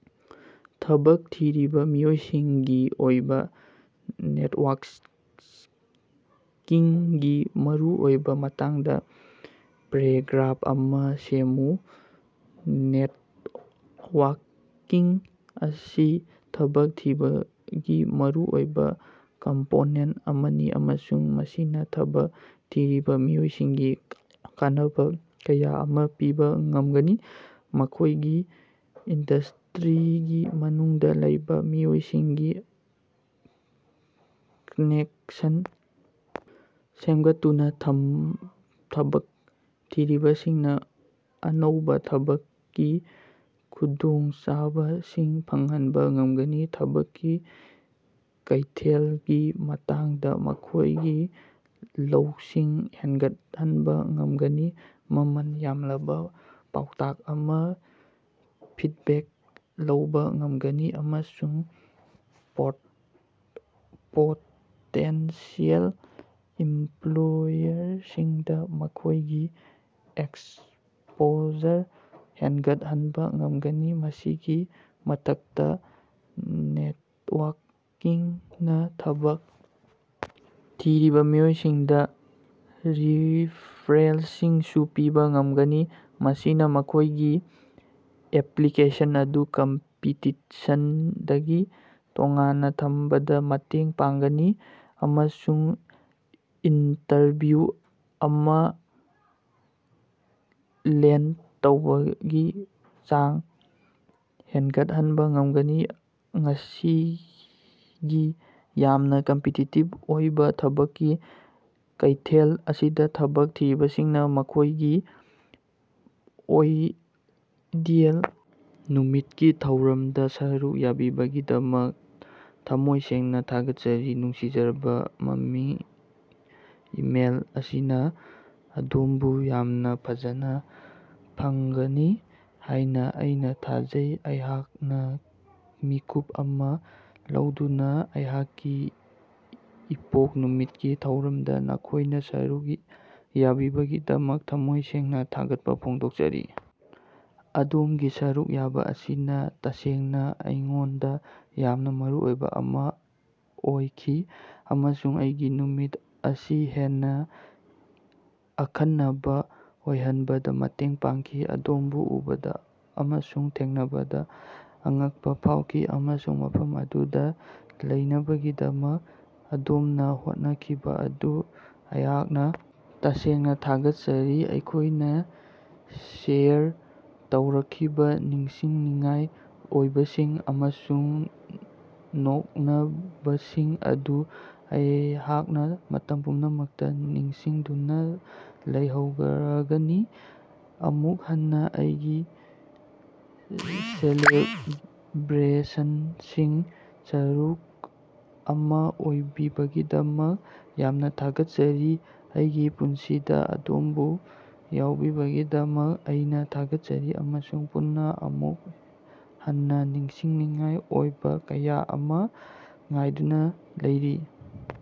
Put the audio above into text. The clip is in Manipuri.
ꯊꯕꯛ ꯊꯤꯔꯤꯕ ꯃꯤꯑꯣꯏꯁꯤꯡꯒꯤ ꯑꯣꯏꯕ ꯅꯦꯠꯋꯥꯛꯀꯤꯡꯒꯤ ꯃꯔꯨꯑꯣꯏꯕꯒꯤ ꯃꯇꯥꯡꯗ ꯄꯦꯔꯥꯒ꯭ꯔꯥꯞ ꯑꯃ ꯁꯦꯝꯃꯨ꯫ ꯅꯦꯠꯋꯥꯛꯀꯤꯡ ꯑꯁꯤ ꯊꯕꯛ ꯊꯤꯕꯒꯤ ꯃꯔꯨꯑꯣꯏꯕ ꯀꯝꯄꯣꯅꯦꯟ ꯑꯃꯅꯤ ꯑꯃꯁꯨꯡ ꯃꯁꯤꯅ ꯊꯕꯛ ꯊꯤꯔꯤꯕ ꯃꯤꯑꯣꯏꯁꯤꯡꯗ ꯀꯥꯟꯅꯕ ꯀꯌꯥ ꯑꯃ ꯄꯤꯕ ꯉꯝꯒꯅꯤ꯫ ꯃꯈꯣꯏꯒꯤ ꯏꯟꯗꯁꯇꯔꯤꯒꯤ ꯃꯅꯨꯡꯗ ꯂꯩꯕ ꯃꯤꯑꯣꯏꯁꯤꯡꯒ ꯀꯅꯦꯛꯁꯟ ꯁꯦꯝꯒꯠꯇꯨꯅ ꯊꯕꯛ ꯊꯤꯔꯤꯕꯁꯤꯡꯅ ꯑꯅꯧꯕ ꯊꯕꯛꯀꯤ ꯈꯨꯗꯣꯡꯆꯥꯕꯁꯤꯡ ꯐꯪꯍꯟꯕ ꯉꯝꯒꯅꯤ ꯊꯕꯛꯀꯤ ꯀꯩꯊꯦꯜꯒꯤ ꯃꯇꯥꯡꯗ ꯃꯈꯣꯏꯒꯤ ꯂꯧꯁꯤꯡ ꯍꯦꯟꯒꯠꯍꯟꯕ ꯉꯝꯒꯅꯤ ꯃꯃꯜ ꯌꯥꯝꯂꯕ ꯄꯥꯎꯇꯥꯛ ꯑꯃ ꯐꯤꯠꯕꯦꯛ ꯂꯧꯕ ꯉꯝꯒꯅꯤ ꯑꯃꯁꯨꯡ ꯄꯣꯇꯦꯟꯁꯤꯌꯦꯜ ꯏꯝꯄꯂꯣꯌꯔꯁꯤꯡꯗ ꯃꯈꯣꯏꯒꯤ ꯑꯦꯛꯁꯄꯣꯖꯔ ꯍꯦꯟꯒꯠꯍꯟꯕ ꯉꯝꯒꯅꯤ꯫ ꯃꯁꯤꯒꯤ ꯃꯊꯛꯇ ꯅꯦꯇꯋꯥꯛꯀꯤꯡꯅ ꯊꯕꯛ ꯊꯤꯔꯤꯕ ꯃꯤꯑꯣꯏꯁꯤꯡꯗ ꯔꯤꯐꯔꯦꯜꯁꯤꯡꯁꯨ ꯄꯤꯕ ꯉꯝꯒꯅꯤ ꯃꯁꯤꯅ ꯃꯈꯣꯏꯒꯤ ꯑꯦꯞꯂꯤꯀꯦꯁꯟ ꯑꯗꯨ ꯀꯝꯄꯤꯇꯤꯁꯟꯗꯒꯤ ꯇꯣꯉꯥꯟꯅ ꯊꯝꯕꯗ ꯃꯇꯦꯡ ꯄꯥꯡꯒꯅꯤ ꯑꯃꯁꯨꯡ ꯏꯟꯇꯔꯚꯤꯌꯨ ꯑꯃ ꯂꯦꯟ ꯇꯧꯕꯒꯤ ꯆꯥꯡ ꯍꯦꯟꯒꯠꯍꯟꯕ ꯉꯝꯒꯅꯤ꯫ ꯉꯁꯤꯒꯤ ꯌꯥꯝꯅꯥ ꯀꯝꯄꯤꯇꯤꯇꯤꯞ ꯑꯣꯏꯕ ꯊꯕꯛꯀꯤ ꯀꯩꯊꯦꯜ ꯑꯁꯤꯗ ꯊꯕꯛ ꯊꯤꯔꯤꯕꯁꯤꯡꯅ ꯃꯈꯣꯏꯒꯤ ꯑꯥꯏꯗꯤꯌꯦꯜ ꯅꯨꯃꯤꯠꯀꯤ ꯊꯧꯔꯝꯗ ꯁꯔꯨꯛ ꯌꯥꯕꯤꯕꯒꯤꯗꯃꯛ ꯊꯝꯃꯣꯏ ꯁꯦꯡꯅ ꯊꯥꯒꯠꯆꯔꯤ ꯅꯨꯡꯁꯤꯖꯔꯕ ꯃꯃꯤꯡ ꯏꯃꯦꯜ ꯑꯁꯤꯅ ꯑꯗꯣꯝꯕꯨ ꯌꯥꯝꯅ ꯐꯖꯅ ꯐꯪꯒꯅꯤ ꯍꯥꯏꯅ ꯑꯩꯅ ꯊꯥꯖꯩ꯫ ꯑꯩꯍꯥꯛꯅ ꯃꯤꯀꯨꯞ ꯑꯃ ꯂꯧꯗꯨꯅ ꯑꯩꯍꯥꯛꯀꯤ ꯏꯄꯣꯛ ꯅꯨꯃꯤꯠꯀꯤ ꯊꯧꯔꯝꯗ ꯅꯈꯣꯏꯅ ꯁꯔꯨꯛ ꯌꯥꯕꯤꯕꯒꯤꯗꯃꯛ ꯊꯃꯣꯏ ꯁꯦꯡꯅ ꯊꯥꯒꯠꯄ ꯐꯣꯡꯗꯣꯛꯆꯔꯤ꯫ ꯑꯗꯣꯝꯒꯤ ꯁꯔꯨꯛ ꯌꯥꯕ ꯑꯁꯤꯅ ꯇꯁꯦꯡꯅ ꯑꯩꯉꯣꯟꯗ ꯌꯥꯝꯅ ꯃꯔꯨꯑꯣꯏꯕ ꯑꯃ ꯑꯣꯏꯈꯤ ꯑꯃꯁꯨꯡ ꯑꯩꯒꯤ ꯅꯨꯃꯤꯠ ꯑꯁꯤ ꯍꯦꯟꯅ ꯑꯈꯟꯅꯕ ꯑꯣꯏꯍꯟꯕꯗ ꯃꯇꯦꯡ ꯄꯥꯡꯈꯤ꯫ ꯑꯗꯣꯝꯕꯨ ꯎꯕꯗ ꯑꯃꯁꯨꯡ ꯊꯦꯡꯅꯕꯗ ꯑꯉꯛꯄ ꯐꯥꯎꯈꯤ ꯑꯃꯁꯨꯡ ꯃꯐꯝ ꯑꯗꯨꯗ ꯂꯩꯅꯕꯒꯤꯗꯃꯛ ꯑꯗꯣꯝꯅ ꯍꯣꯠꯅꯈꯤꯕ ꯑꯗꯨ ꯑꯩꯍꯥꯛꯅ ꯇꯁꯦꯡꯅ ꯊꯥꯒꯠꯆꯔꯤ꯫ ꯑꯩꯈꯣꯏꯅ ꯁꯦꯌꯔ ꯇꯧꯔꯛꯈꯤꯕ ꯅꯤꯡꯁꯤꯡꯅꯤꯡꯉꯥꯏ ꯑꯣꯏꯕꯁꯤꯡ ꯑꯃꯁꯨꯡ ꯅꯣꯛꯅꯕꯁꯤꯡ ꯑꯗꯨ ꯑꯩꯍꯥꯛꯅ ꯃꯇꯝ ꯄꯨꯝꯅꯃꯛꯇ ꯅꯤꯡꯁꯤꯡꯗꯨꯅ ꯂꯩꯍꯧꯔꯒꯅꯤ꯫ ꯑꯃꯨꯛ ꯍꯟꯅ ꯑꯩꯒꯤ ꯁꯦꯂꯦꯕꯔꯦꯁꯟꯒꯤ ꯁꯔꯨꯛ ꯑꯃ ꯑꯣꯏꯕꯤꯕꯒꯤꯗꯃꯛ ꯌꯥꯝꯅ ꯊꯥꯒꯠꯆꯔꯤ꯫ ꯑꯩꯒꯤ ꯄꯨꯟꯁꯤꯗ ꯑꯗꯣꯝꯕꯨ ꯌꯥꯎꯕꯤꯕꯒꯤꯗꯃꯛ ꯑꯩꯅ ꯊꯥꯒꯠꯆꯔꯤ ꯑꯃꯁꯨꯡ ꯄꯨꯟꯅ ꯑꯃꯨꯛ ꯍꯟꯅ ꯅꯤꯡꯁꯤꯡꯅꯤꯡꯉꯥꯏ ꯑꯣꯏꯕ ꯀꯌꯥ ꯑꯃ ꯉꯥꯏꯗꯨꯅ ꯂꯩꯔꯤ꯫